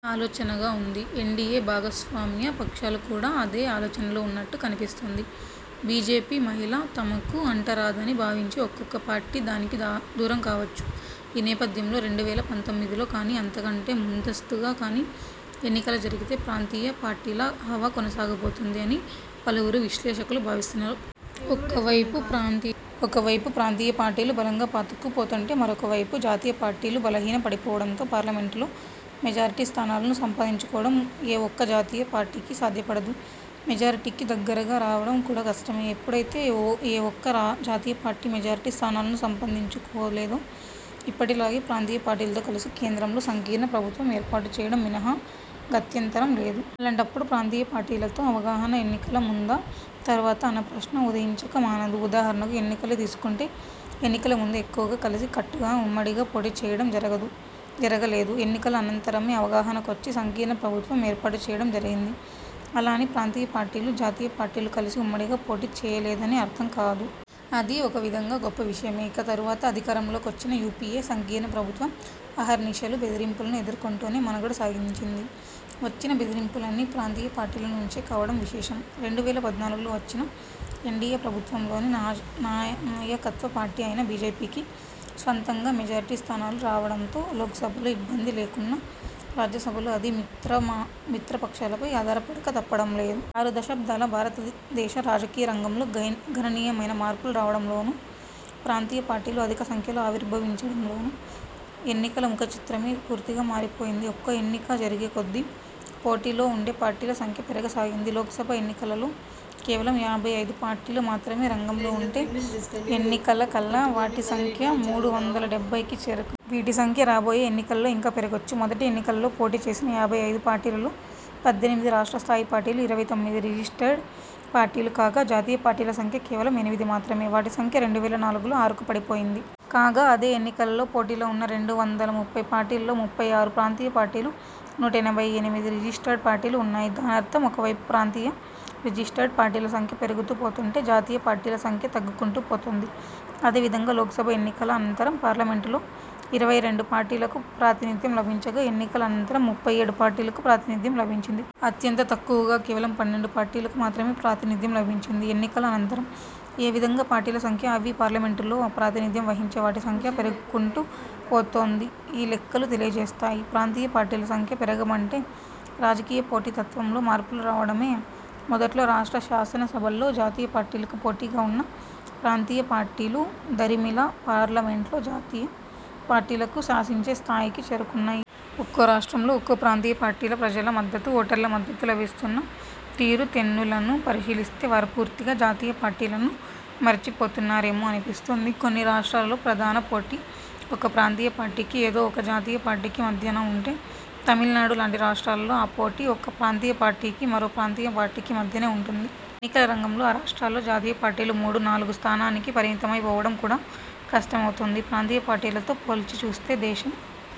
ఆలోచనగా వుంది. ఎన్డీయే భాగస్వామ్య పక్షాలు కూడా అదే ఆలోచనలో వున్నట్లు కనిపిస్తోంది. బీజేపీ మైల తమకు అంటరాదని భావించి ఒక్కొక్క పార్టీ దానికి దూరం కావచ్చు. ఈ నేపథ్యంలో రెండు వేల పంతొమ్మిదిలో కాని, అంతకంటే ముందస్తుగా కాని ఎన్నికలు జరిగితే, ప్రాంతీయ పార్టీల హవా కొనసాగబోతోంది అని పలువురు విశ్లేషకులు భావిస్తున్నారు. ఒకవైపు ప్రాంతీయ పార్టీలు బలంగా పాతుకు పోతుంటే, మరొకవైపు, జాతీయ పార్టీలు బలహీన పడిపోవడంతో, పార్లమెంటులో మెజారిటీ స్థానాలను సంపాదించుకోవడం ఏ ఒక్క జాతీయ పార్టీకి సాధ్యపడదు. మెజారిటీకి దగ్గరగా రావడం కూడా కష్టమే. ఎప్పుడైతే, ఏ ఒక్క జాతీయ పార్టీ మెజారిటీ స్థానాలను సంపాదించుకోలేదో, ఇప్పటి లాగే, ప్రాంతీయ పార్టీలతో కలిసి కేంద్రంలో సంకీర్ణ ప్రభుత్వం ఏర్పాటు చేయడం మినహా గత్యంతరం లేదు. అలాంటప్పుడు ప్రాంతీయ పార్టీలతో అవగాహన ఎన్నికల ముందా? తరువాతా? అన్న ప్రశ్న ఉదయించక మానదు. ఉదాహరణకు ఎన్నికలే తీసుకుంటే, ఎన్నికల ముందు ఎక్కువగా కలిసి కట్టుగా-ఉమ్మడిగా పోటీ చేయడం జరగదు జరగలేదు. ఎన్నికల అనంతరమే అవగాహన కొచ్చి సంకీర్ణ ప్రభుత్వం ఏర్పాటు చేయడం జరిగింది. అలా అని ప్రాంతీయ పార్టీలు, జాతీయ పార్టీలు కలిసి ఉమ్మడిగా పోటీ చేయలేదని అర్థం కాదు. అది ఒక విధంగా గొప్ప విషయమే. ఇక తరువాత అధికారంలో కొచ్చిన యూపీఏ సంకీర్ణ ప్రభుత్వం అహర్నిశలూ బెదిరింపులను ఎదుర్కుంటూనే మనుగడ సాగించింది. వచ్చిన బెదిరింపులన్నీ ప్రాంతీయ పార్టీల నుంచే కావడం విశేషం. రెండు వేల పద్నాలుగులో వచ్చిన ఎన్డీయే ప్రభుత్వంలోని నాయకత్వపార్టీ అయిన బీజేపీకి స్వంతంగా మెజారిటీస్థానాలు రావడంతో లోక్సభలో ఇబ్బంది లేకున్నా రాజ్యసభలో అది మిత్రపక్షాలపై ఆధారపడక తప్పటం లేదు. ఆరు దశాబ్దాల భారతదేశ రాజకీయ రంగంలో గణనీయమైన మార్పులు రావడంతోను, ప్రాంతీయ పార్టీలు అధికసంఖ్యలో ఆవిర్భవించడంతోను, ఎన్నికల ముఖచిత్రమే పూర్తిగా మారిపోయింది. ఒక్కో ఎన్నిక జరిగే కొద్దీ, పోటీలో వుండే పార్టీల సంఖ్య పెరగ సాగింది. లోక్సభ ఎన్నికలలో కేవలం యాభై ఐదు పార్టీలు మాత్రమే రంగంలో వుంటే, ఎన్నికల కల్లా వాటి సంఖ్య మూడు వందల డెబ్బైకి చేరుకుంది. వీటి సంఖ్య రాబోయే ఎన్నికలలో ఇంకా పెరగొచ్చు. మొదటి ఎన్నికలలో పోటీ చేసిన యాభై ఐదు పార్టీలలో, పద్దెనిమిది రాష్ట్రస్థాయి పార్టీలు, ఇరవై తొమ్మిది రిజిస్టర్డ్ పార్టీలు కాగా జాతీయ పార్టీల సంఖ్య కేవలం ఎనిమిది మాత్రమే! వాటి సంఖ్య రెండు వేల నాలుగులో ఆరుకు పడిపోయింది. కాగా అదే ఎన్నికలలో పోటీలో వున్న రెండు వందల ముప్పై పార్టీలలో, ముప్పై ఆరు ప్రాంతీయ పార్టీలు, నూట ఎనభై ఎనిమిది రిజిస్టర్డ్ పార్టీలు వున్నాయి. దానర్థం ఒకవైపు ప్రాంతీయ– రిజిస్టర్డ్ పార్టీల సంఖ్య పెరుగుతూ పోతుంటే, జాతీయ పార్టీల సంఖ్య తగ్గుకుంటూ పోతోంది. అదేవిధంగా లోక్సభ ఎన్నికల అనంతరం పార్లమెంటులో ఇరవై రెండు పార్టీలకు ప్రాతినిధ్యం లభించగా, ఎన్నికల అనంతరం ముప్పై ఏడు పార్టీలకు ప్రాతినిధ్యం లభించింది. అత్యంత తక్కువగా కేవలం పన్నెండు పార్టీలకు మాత్రమే ప్రాతినిధ్యం లభించింది ఎన్నికల అనంతరం. ఏ విధంగా పార్టీల సంఖ్య, అవి పార్లమెంటులో ప్రాతినిధ్యం వహించే వాటి సంఖ్య పెరుగుకుంటూ పోతుందో ఈ లెక్కలు తెలియచేస్తాయి. ప్రాంతీయపార్టీల సంఖ్య పెరగడమంటే, రాజకీయ పోటీతత్వంలో మార్పులు రావడమే. మొదట్లో, రాష్ట్ర శాసనసభల్లో జాతీయపార్టీలకు పోటీగా వున్న ప్రాంతీయ పార్టీలు దరిమిలా పార్లమెంట్లో జాతీయపార్టీలను శాసించే స్థాయికి చేరుకున్నాయి. ఒక్కోరాష్ట్రంలో, ఒక్కో ప్రాంతీయపార్టీకి ప్రజల మద్దతు– ఓటర్ల మద్దతు లభిస్తున్న తీరుతెన్నులను పరిశీలిస్తే, వారు పూర్తిగా జాతీయ పార్టీలను మరిచిపోతున్నారేమో అనిపిస్తోంది. కొన్నిరాష్ట్రాలలో ప్రధాన పోటీ ఒక ప్రాంతీయ పార్టీకి, ఏదో ఒక జాతీయ పార్టీకి మధ్యన వుంటే, తమిళనాడు లాంటి రాష్ట్రాలలో ఆ పోటీ ఒక ప్రాంతీయ పార్టీకి, మరో ప్రాంతీయ పార్టీకి మధ్యనే వుంటోంది. ఎన్నికల రంగంలో ఆ రాష్ట్రాల్లో జాతీయ పార్టీలు మూడు– నాలుగు స్థానానికి పరిమితమై పోవడం కూడా కష్టమవుతోంది. ప్రాంతీయ పార్టీలతో పోల్చిచూస్తే, దేశం